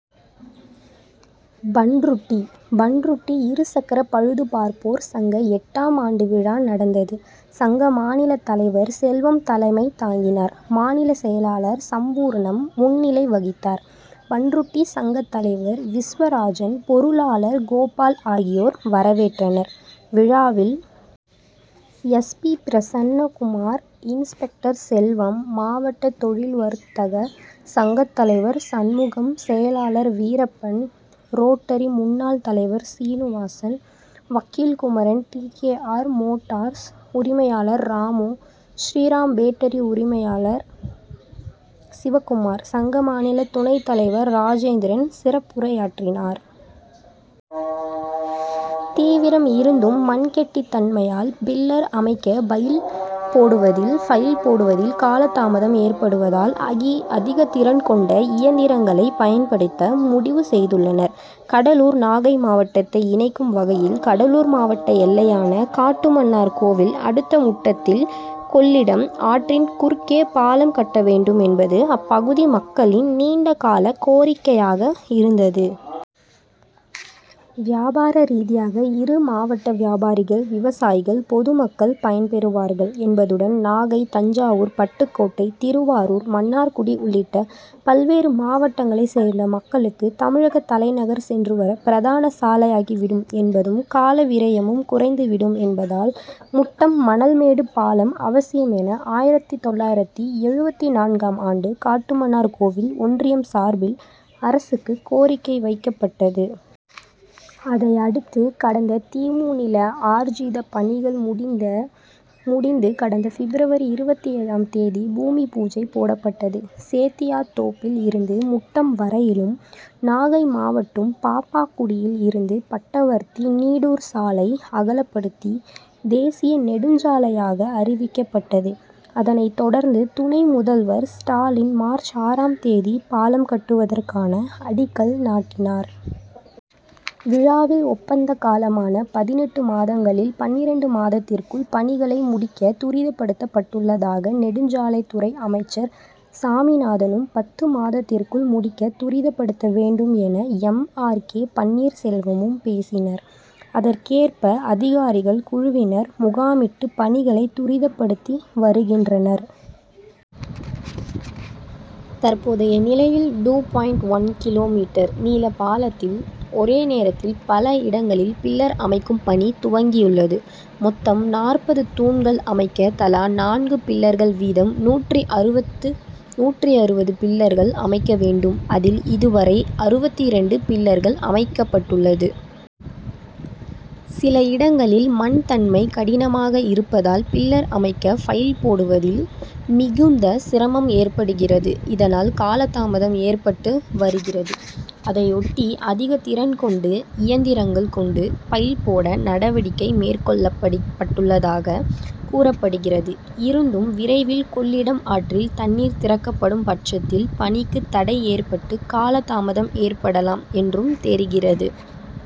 பண்ருட்டி பண்ருட்டி இருசக்கர பழுது பார்ப்போர் சங்க எட்டாம் ஆண்டு விழா நடந்தது. சங்க மாநிலத் தலைவர் செல்வம் தலைமை தாங்கினார். மாநில செயலாளர் சம்பூர்ணம் முன் னிலை வகித்தார். பண் ருட்டி சங்கத் தலைவர் விஸ்வராஜன், பொரு ளாளர் கோபால் ஆகியோர் வரவேற்றனர். விழாவில் T. S. P., Prasannakumar, inspector Selvam, மாவட்ட தொழில் வர்த் தக சங்கத் தலைவர் சண் முகம், செயலாளர் வீரப் பன், ரோட்டரி முன் னாள் தலைவர் சீனுவாசன், வக்கீல் Kumaran, T. K. R., motors உரிமையாளர் ராமு, ஸ்ரீராம் பேட்டரி உரிமையாளர் சிவக்குமார், சங்க மாநில துணைத் தலைவர் ராஜேந்திரன் சிறப்புரையாற்றினர். தீவிரம்! இருந்தும் மண் கெட்டித் தன்மையால் பில்லர் அமைக்க பைல் போடுவதில் காலதாமதம் ஏற்படுவதால் அதிகத் திறன் கொண்ட இயந்திரங் களை பயன்படுத்த முடிவு செய்துள்ளனர். கடலூர் நாகை மாவட் டத்தை இணைக்கும் வகையில் கடலூர் மாவட்ட எல்லையான காட்டுமன்னார்கோவில் அடுத்த முட்டத்தில் கொள் ளிடம் ஆற்றின் குறுக்கே பாலம் கட்ட வேண்டும் என்பது அப்பகுதி மக்களின் நீண்ட கால கோரிக்கையாக இருந்தது. வியாபார ரீதியாக இரு மாவட்ட வியாபாரிகள், விவசாயிகள், பொதுமக் கள் பயன்பெறுவார்கள் என்பதுடன் நாகை, தஞ்சாவூர், பட்டுக்கோட்டை, திருவாரூர், மன்னார்குடி உள்ளிட்ட பல்வேறு மாவட்டங்களைச் சேர்ந்த மக்களுக்கு தமிழகத் தலை நகர் சென்றுவர பிரதான சாலையாகி விடும் என்பதும், காலவிரயமும் குறைந்துவிடும் என்பதால் முட்டம் மணல்மேடு பாலம் அவசியம் என ஆயிரத்து தொள்ளாயிரத்து எழுபத்து நான்காம் ஆண்டு காட்டுமன்னார்கோவில் ஒன்றியம் சார்பில் அரசுக்கு கோரிக்கை வைக்கப்பட்டது. அதையடுத்து கடந்த தி. மு. நில ஆர்ஜித பணிகள் முடிந்து கடந்த பிப்ரவரி இருபத்தேழாம் தேதி பூமி பூஜை போடப்பட்டது. சேத்தியாத்தோப்பில் இருந்து முட்டம் வரையிலும், நாகை மாவட்டம் பாப்பாக்குடியில் இருந்து பட்டவர்த்தி, நீடூர் சாலை அகலப்படுத்தி தேசிய நெடுஞ்சாலையாக அறிவிக்கப்பட்டது. அதனைத் தொடர்ந்து துணை முதல்வர் ஸ்டாலின் மார்ச் ஆறாம் தேதி பாலம் கட்டுவதற்கான அடிக்கல் நாட்டினார். விழாவில் ஒப்பந்த காலமான பதினெட்டு மாதங்களில் பன்னிரண்டு மாதத்திற்குள் பணிகளை முடிக்க துரிதப்படுத்தப் பட்டுள்ளதாக நெடுஞ்சாலைத்துறை அமைச்சர் சாமிநாதனும், பத்து மாதத்திற்குள் முடிக்க துரிதப்படுத்த வேண்டும் என எம். ஆர். கே. பன்னீர்செல்வமும் பேசினர். அதற் கேற்ப அதிகாரிகள் குழுவினர் முகாமிட்டு பணிகளை துரிதப்படுத்தி வருகின்றனர். தற்போதைய நிலையில் டூ பாயிண்ட் ஒன் கி. மீ., நீள பாலத்தில் ஒரே நேரத்தில் பல இடங் களில் பில்லர் அமைக்கும் பணி துவங்கியுள்ளது. மொத்தம் நாற்பது தூண்கள் அமைக்க தலா நான்கு பில்லர் கள் வீதம் நூற்று அறுபது பில்லர்கள் அமைக்க வேண்டும் அதில் இதுவரை அறுபத்திரண்டு பில் லர்கள் அமைக்கப்பட் டுள்ளது. சில இடங்களில் மண் தன்மை கடினமாக இருப்ப தால் பில்லர் அமைக்க பைல் போடுவதில் மிகுந்த சிரமம் ஏற்படுகிறது. இதனால் காலதாமம் ஏற்பட்டு வருகிறது. அதையொட்டி அதிகத் திறன் கொண்டு இயந்திரங்கள் கொண்டு பைல் போட நடவடிக்கை மேற் கொள் ளப்பட்டுள்ளதாக கூறப்படுகிறது. இருந்தும் விரைவில் கொள்ளிடம் ஆற்றில் தண் ணீர் திறக்கப்படும் பட்சத் தில் பணிக்கு தடை ஏற் பட்டு காலதாமதம் ஏற்படலாம் என்றும் தெரிகிறது.